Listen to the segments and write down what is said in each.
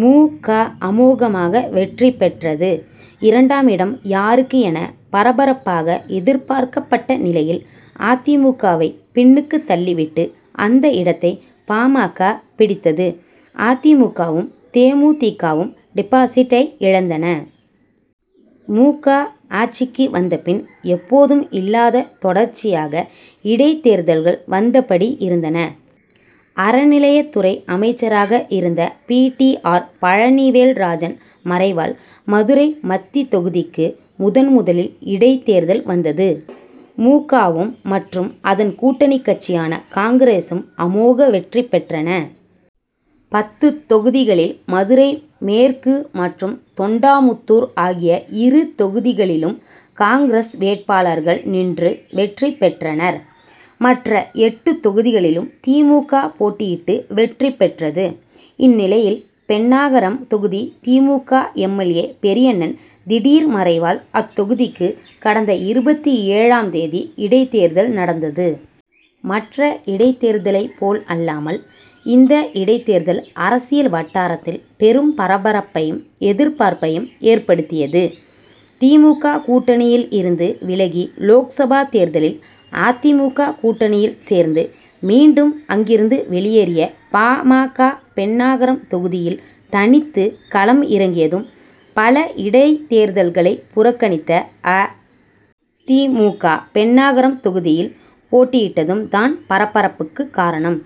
மு. க. அமோகமாக வெற்றி பெற்றது. இரண்டாம் இடம் யாருக்கு என பரபரப்பாக எதிர்பார்க்கப்பட்ட நிலையில் அ. தி. மு. க.வை பின்னுக்கு தள்ளிவிட்டு அந்த இடத்தை பா. ம. க. பிடித்தது. அ. தி. மு. க.வும் தே. மு. தி. க.வும் டிபாசிட் டை இழந்தன. மு. க. ஆட்சிக்கு வந்த பின் எப்போதும் இல்லாத தொடர்ச்சியாக இடைத்தேர்தல்கள் வந்தபடி இருந்தன. அறநிலையத்துறை அமைச்சராக இருந்த பி. டி. ஆர். பழனிவேல்ராஜன் மறைவால் மதுரை மத்தி தொகுதிக்கு முதன் முதலில் இடைத்தேர்தல் வந்தது. மு. க.வும் மற்றும் அதன் கூட்டணி கட்சியான காங்கிரசும் அமோக வெற்றி பெற்றன. பத்து தொகுதிகளில் மதுரை மேற்கு மற்றும் தொண்டாமுத்தூர் ஆகிய இரு தொகுதிகளிலும் காங்கிரஸ் வேட்பாளர்கள் நின்று வெற்றி பெற்றனர். மற்ற எட்டு தொகுதிகளிலும் தி. மு. க. போட்டியிட்டு வெற்றி பெற்றது. இந்நிலையில் பென்னாகரம் தொகுதி தி. மு. க. எம். எல். ஏ. பெரியண்ணன் திடீர் மறைவால் அத்தொகுதிக்கு கடந்த இருபத்தி ஏழாம் தேதி இடைத்தேர்தல் நடந்தது. மற்ற இடைத்தேர்தலைப் போல் அல்லாமல் இந்த இடைத்தேர்தல் அரசியல் வட்டாரத்தில் பெரும் பரபரப்பையும் எதிர்பார்ப்பையும் ஏற்படுத்தியது. தி. மு. க. கூட்டணியில் இருந்து விலகி லோக்சபா தேர்தலில் அ. தி. மு. க. கூட்டணியில் சேர்ந்து மீண்டும் அங்கிருந்து வெளியேறிய பா. ம. க. பென்னாகரம் தொகுதியில் தனித்து களம் இறங்கியதும் பல இடைத்தேர்தல்களை புறக்கணித்த அ. தி. மு. க. பென்னாகரம் தொகுதியில் போட்டியிட்டதும் தான் பரபரப்புக்கு காரணம்.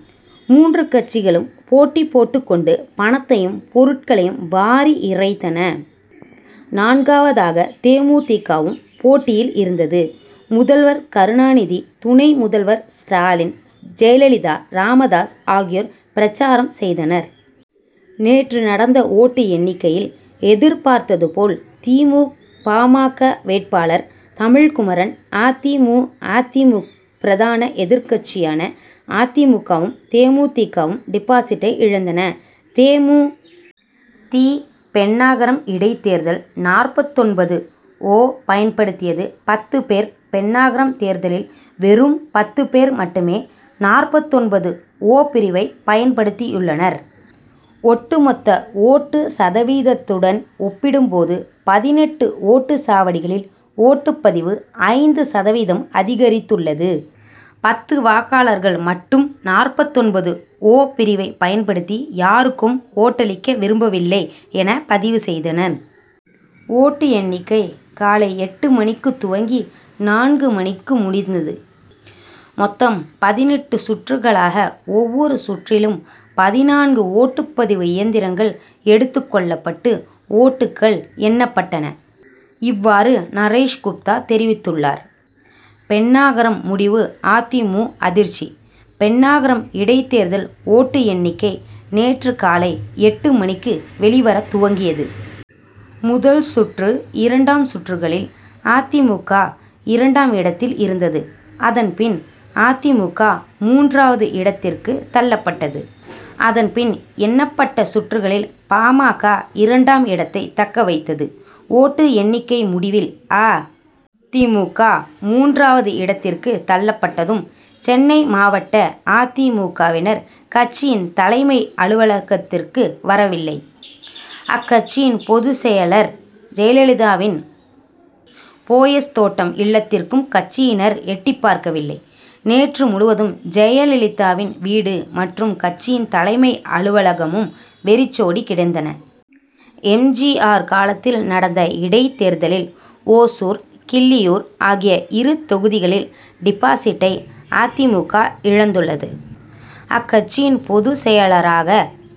மூன்று கட்சிகளும் போட்டி போட்டுக் கொண்டு பணத்தையும் பொருட்களையும் வாரி இறைத்தன. நான்காவதாக தே. மு. தி. க.வும் போட்டியில் இருந்தது. முதல்வர் கருணாநிதி துணை முதல்வர் ஸ்டாலின், ஜெயலலிதா, ராமதாஸ் ஆகியோர் பிரசாரம் செய்தனர். நேற்று நடந்த ஓட்டு எண்ணிக்கையில் எதிர்பார்த்தது போல் தி. மு. பா. ம. க. வேட்பாளர் தமிழ்குமரன் அ. தி. மு. அ. தி. மு. பிரதான எதிர்க்கட்சியான அ. தி. மு. க.வும், தே. மு. தி. க.வும் டிபாசிட்டை இழந்தன. தே. மு. தி. பென்னாகரம் இடைத்தேர்தல் நாற்பத்தொன்பது-ஓ பயன்படுத்தியது பத்து பேர் பென்னாகரம் தேர்தலில் வெறும் பத்து பேர் மட்டுமே நாற்பத்தொன்பது -ஓ பிரிவை பயன்படுத்தியுள்ளனர். ஒட்டு மொத்த ஓட்டு சதவீதத்துடன் ஒப்பிடும் போது பதினெட்டு ஓட்டுச்சாவடிகளில் ஓட்டுப்பதிவு ஐந்து சதவீதம் அதிகரித்துள்ளது. பத்து வாக்காளர்கள் மட்டும் நாற்பத்தொன்பது -ஓ பிரிவைப் பயன்படுத்தி யாருக்கும் ஓட்டளிக்க விரும்பவில்லை என பதிவு செய்தனர். ஓட்டு எண்ணிக்கை காலை எட்டு மணிக்குத் துவங்கி நான்கு மணிக்கு முடிந்தது. மொத்தம் பதினெட்டு சுற்றுகளாக ஒவ்வொரு சுற்றிலும் பதினான்கு ஓட்டுப்பதிவு இயந்திரங்கள் எடுத்துக்கொள்ளப்பட்டு ஓட்டுக்கள் எண்ணப்பட்டன. இவ்வாறு நரேஷ் குப்தா தெரிவித்துள்ளார். பென்னாகரம் முடிவு அ. தி. மு. அதிர்ச்சி பென்னாகரம் இடைத்தேர்தல் ஓட்டு எண்ணிக்கை நேற்று காலை எட்டு மணிக்கு வெளிவரத் துவங்கியது. முதல் சுற்று, இரண்டாம் சுற்றுகளில் அ. தி. மு. க. இரண்டாம் இடத்தில் இருந்தது. அதன்பின் அ. தி. மு. க. மூன்றாவது இடத்திற்கு தள்ளப்பட்டது. அதன் பின் எண்ணப்பட்ட சுற்றுகளில் பா. ம. க. இரண்டாம் இடத்தை தக்க வைத்தது. ஓட்டு எண்ணிக்கை முடிவில் அ. தி. மு. க. மூன்றாவது இடத்திற்கு தள்ளப்பட்டதும் சென்னை மாவட்ட அ. தி. மு. க.வினர் கட்சியின் தலைமை அலுவலகத்திற்கு வரவில்லை. அக்கட்சியின் பொதுச்செயலர் ஜெயலலிதாவின் போயஸ் தோட்டம் இல்லத்திற்கும் கட்சியினர் எட்டிப்பார்க்கவில்லை. நேற்று முழுவதும் ஜெயலலிதாவின் வீடு மற்றும் கட்சியின் தலைமை அலுவலகமும் வெறிச்சோடி கிடைந்தன. எம். ஜி. ஆர். காலத்தில் நடந்த இடைத்தேர்தலில் ஓசூர், கிள்ளியூர் ஆகிய இரு தொகுதிகளில் டிபாசிட்டை அ. தி. மு. க. இழந்துள்ளது. அக்கட்சியின் பொதுச் செயலராக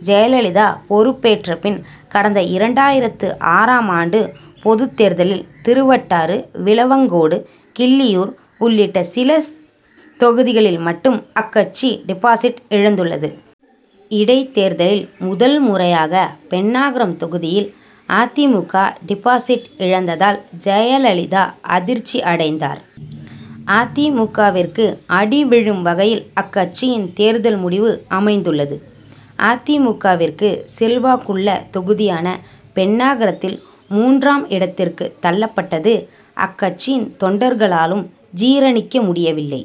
ஜெயலலிதா பொறுப்பேற்ற பின் கடந்த இரண்டாயிரத்து ஆறாம் ஆம் ஆண்டு பொதுத் தேர்தலில் திருவட்டாறு, விளவங்கோடு, கிள்ளியூர் உள்ளிட்ட சில தொகுதிகளில் மட்டும் அக்கட்சி டிபாசிட் இழந்துள்ளது. இடைத்தேர்தலில் முதல்முறையாக பென்னாகரம் தொகுதியில் அ. தி. மு. க. டிபாசிட் இழந்ததால் ஜெயலலிதா அதிர்ச்சி அடைந்தார். அ. தி. மு. க.விற்கு அடி விழும் வகையில் அக்கட்சியின் தேர்தல் முடிவு அமைந்துள்ளது. அ. தி. மு. க.விற்கு செல்வாக்குள்ள தொகுதியான பென்னாகரத்தில் மூன்றாம் இடத்திற்கு தள்ளப்பட்டது அக்கட்சியின் தொண்டர்களாலும் ஜீரணிக்க முடியவில்லை.